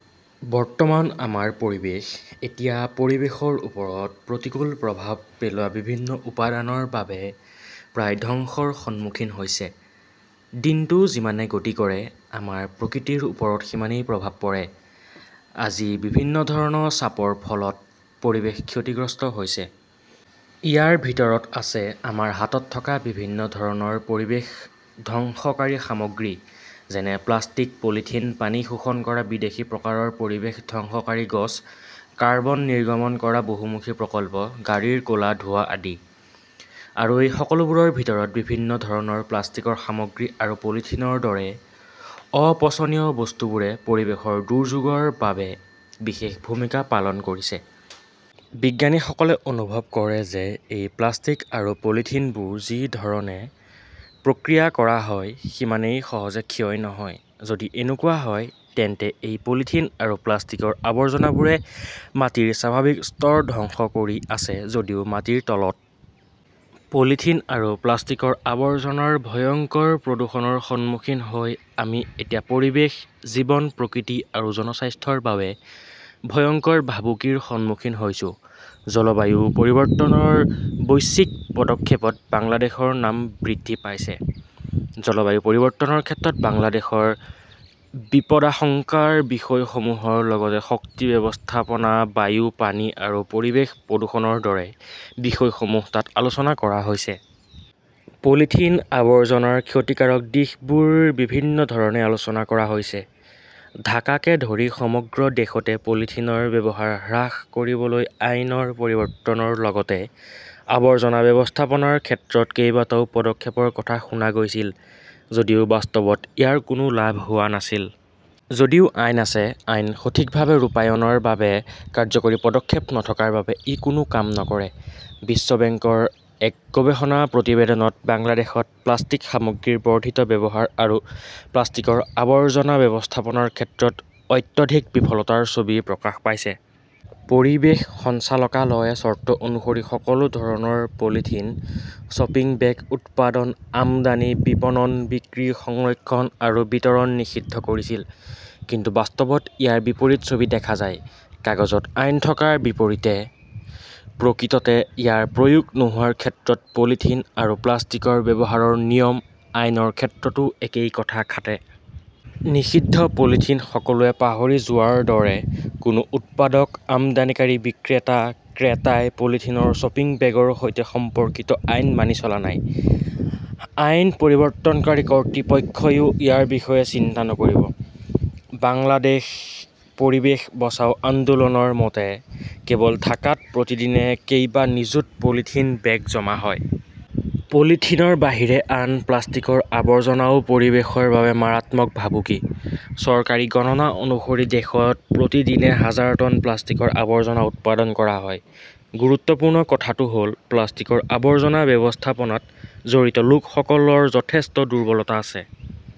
বৰ্তমান আমাৰ পৰিৱেশ এতিয়া পৰিৱেশৰ ওপৰত প্ৰতিকূল প্ৰভাৱ পেলোৱা বিভিন্ন উপাদানৰ বাবে প্ৰায় ধ্বংসৰ সন্মুখীন হৈছে। দিনটো যিমানে গতি কৰে, আমাৰ প্ৰকৃতিৰ ওপৰত সিমানেই প্ৰভাৱ পৰে। আজি বিভিন্ন ধৰণৰ চাপৰ ফলত পৰিৱেশ ক্ষতিগ্ৰস্ত হৈছে। ইয়াৰ ভিতৰত আছে আমাৰ হাতত থকা বিভিন্ন ধৰণৰ পৰিৱেশ ধ্বংসকাৰী সামগ্ৰী, যেনে প্লাষ্টিক, পলিথিন, পানী শোষণ কৰা বিদেশী প্ৰকাৰৰ পৰিৱেশ ধ্বংসকাৰী গছ, কাৰ্বন নিৰ্গমন কৰা বহুমুখী প্ৰকল্প, গাড়ীৰ ক'লা ধোঁৱা আদি। আৰু এই সকলোবোৰৰ ভিতৰত, বিভিন্ন ধৰণৰ প্লাষ্টিকৰ সামগ্ৰী আৰু পলিথিনৰ দৰে অপচনীয় বস্তুবোৰে পৰিৱেশৰ দুৰ্যোগৰ বাবে বিশেষ ভূমিকা পালন কৰিছে। বিজ্ঞানীসকলে অনুভৱ কৰে যে এই প্লাষ্টিক আৰু পলিথিনবোৰ যি ধৰণে প্ৰক্ৰিয়া কৰা হয় সিমানেই সহজে ক্ষয় নহয়। যদি এনেকুৱা হয়, তেন্তে এই পলিথিন আৰু প্লাষ্টিকৰ আৱৰ্জনাবোৰে মাটিৰ স্বাভাৱিক স্তৰ ধ্বংস কৰি আছে, যদিও মাটিৰ তলত। পলিথিন আৰু প্লাষ্টিকৰ আৱৰ্জনাৰ ভয়ংকৰ প্ৰদূষণৰ সন্মুখীন হৈ আমি এতিয়া পৰিৱেশ, জীৱন-প্ৰকৃতি আৰু জনস্বাস্থ্যৰ বাবে ভয়ংকৰ ভাবুকিৰ সন্মুখীন হৈছোঁ। জলবায়ু পৰিৱৰ্তনৰ বৈশ্বিক পদক্ষেপত বাংলাদেশৰ নাম বৃদ্ধি পাইছে। জলবায়ু পৰিৱৰ্তনৰ ক্ষেত্ৰত বাংলাদেশৰ বিপদাশংকাৰ বিষয়সমূহৰ লগতে শক্তি ব্যৱস্থাপনা, বায়ু, পানী আৰু পৰিৱেশ প্ৰদূষণৰ দৰে বিষয়সমূহ তাত আলোচনা কৰা হৈছে। পলিথিন আৱৰ্জনাৰ ক্ষতিকাৰক দিশবোৰ বিভিন্ন ধৰণে আলোচনা কৰা হৈছে। ঢাকাকে ধৰি সমগ্ৰ দেশতে পলিথিনৰ ব্যৱহাৰ হ্ৰাস কৰিবলৈ আইনৰ পৰিৱৰ্তনৰ লগতে আৱৰ্জনা ব্যৱস্থাপনাৰ ক্ষেত্ৰত কেইবাটাও পদক্ষেপৰ কথা শুনা গৈছিল যদিও বাস্তৱত ইয়াৰ কোনো লাভ হোৱা নাছিল। যদিও আইন আছে, আইন সঠিকভাৱে ৰূপায়ণৰ বাবে কাৰ্যকৰী পদক্ষেপ নথকাৰ বাবে ই কোনো কাম নকৰে। বিশ্ব বেংকৰ এক গৱেষণা প্ৰতিবেদনত বাংলাদেশত প্লাষ্টিক সামগ্ৰীৰ বৰ্ধিত ব্যৱহাৰ আৰু প্লাষ্টিকৰ আৱৰ্জনা ব্যৱস্থাপনাৰ ক্ষেত্ৰত অত্যধিক বিফলতাৰ ছবি প্ৰকাশ পাইছে। পৰিৱেশ সঞ্চালকালয়ে চৰ্ত অনুসৰি সকলো ধৰণৰ পলিথিন শ্বপিং বেগ উৎপাদন, আমদানি, বিপণন, বিক্ৰী, সংৰক্ষণ আৰু বিতৰণ নিষিদ্ধ কৰিছিল। কিন্তু বাস্তৱত ইয়াৰ বিপৰীত ছবি দেখা যায়। কাগজত আইন থকাৰ বিপৰীতে প্ৰকৃততে ইয়াৰ প্ৰয়োগ নোহোৱাৰ ক্ষেত্ৰত পলিথিন আৰু প্লাষ্টিকৰ ব্যৱহাৰৰ নিয়ম আইনৰ ক্ষেত্ৰতো একেই কথা খাটে। নিষিদ্ধ পলিথিন সকলোৱে পাহৰি যোৱাৰ দৰে। কোনো উৎপাদক, আমদানিকাৰী, বিক্ৰেতা-ক্ৰেতাই পলিথিনৰ শ্বপিং বেগৰ সৈতে সম্পৰ্কিত আইন মানি চলা নাই। আইন প্ৰৱৰ্তনকাৰী কৰ্তৃপক্ষইও ইয়াৰ বিষয়ে চিন্তা নকৰিব। বাংলাদেশ পৰিৱেশ বচাও আন্দোলনৰ মতে, কেৱল ঢাকাত প্ৰতিদিনে কেইবা নিযুত পলিথিন বেগ জমা হয়। পলিথিনৰ বাহিৰে আন প্লাষ্টিকৰ আৱৰ্জনাও পৰিৱেশৰ বাবে মাৰাত্মক ভাবুকি। চৰকাৰী গণনা অনুসৰি, দেশত প্ৰতিদিনে হাজাৰ টন প্লাষ্টিকৰ আৱৰ্জনা উৎপাদন কৰা হয়। গুৰুত্বপূৰ্ণ কথাটো হ'ল, প্লাষ্টিকৰ আৱৰ্জনা ব্যৱস্থাপনাত জড়িত লোকসকলৰ যথেষ্ট দুৰ্বলতা আছে।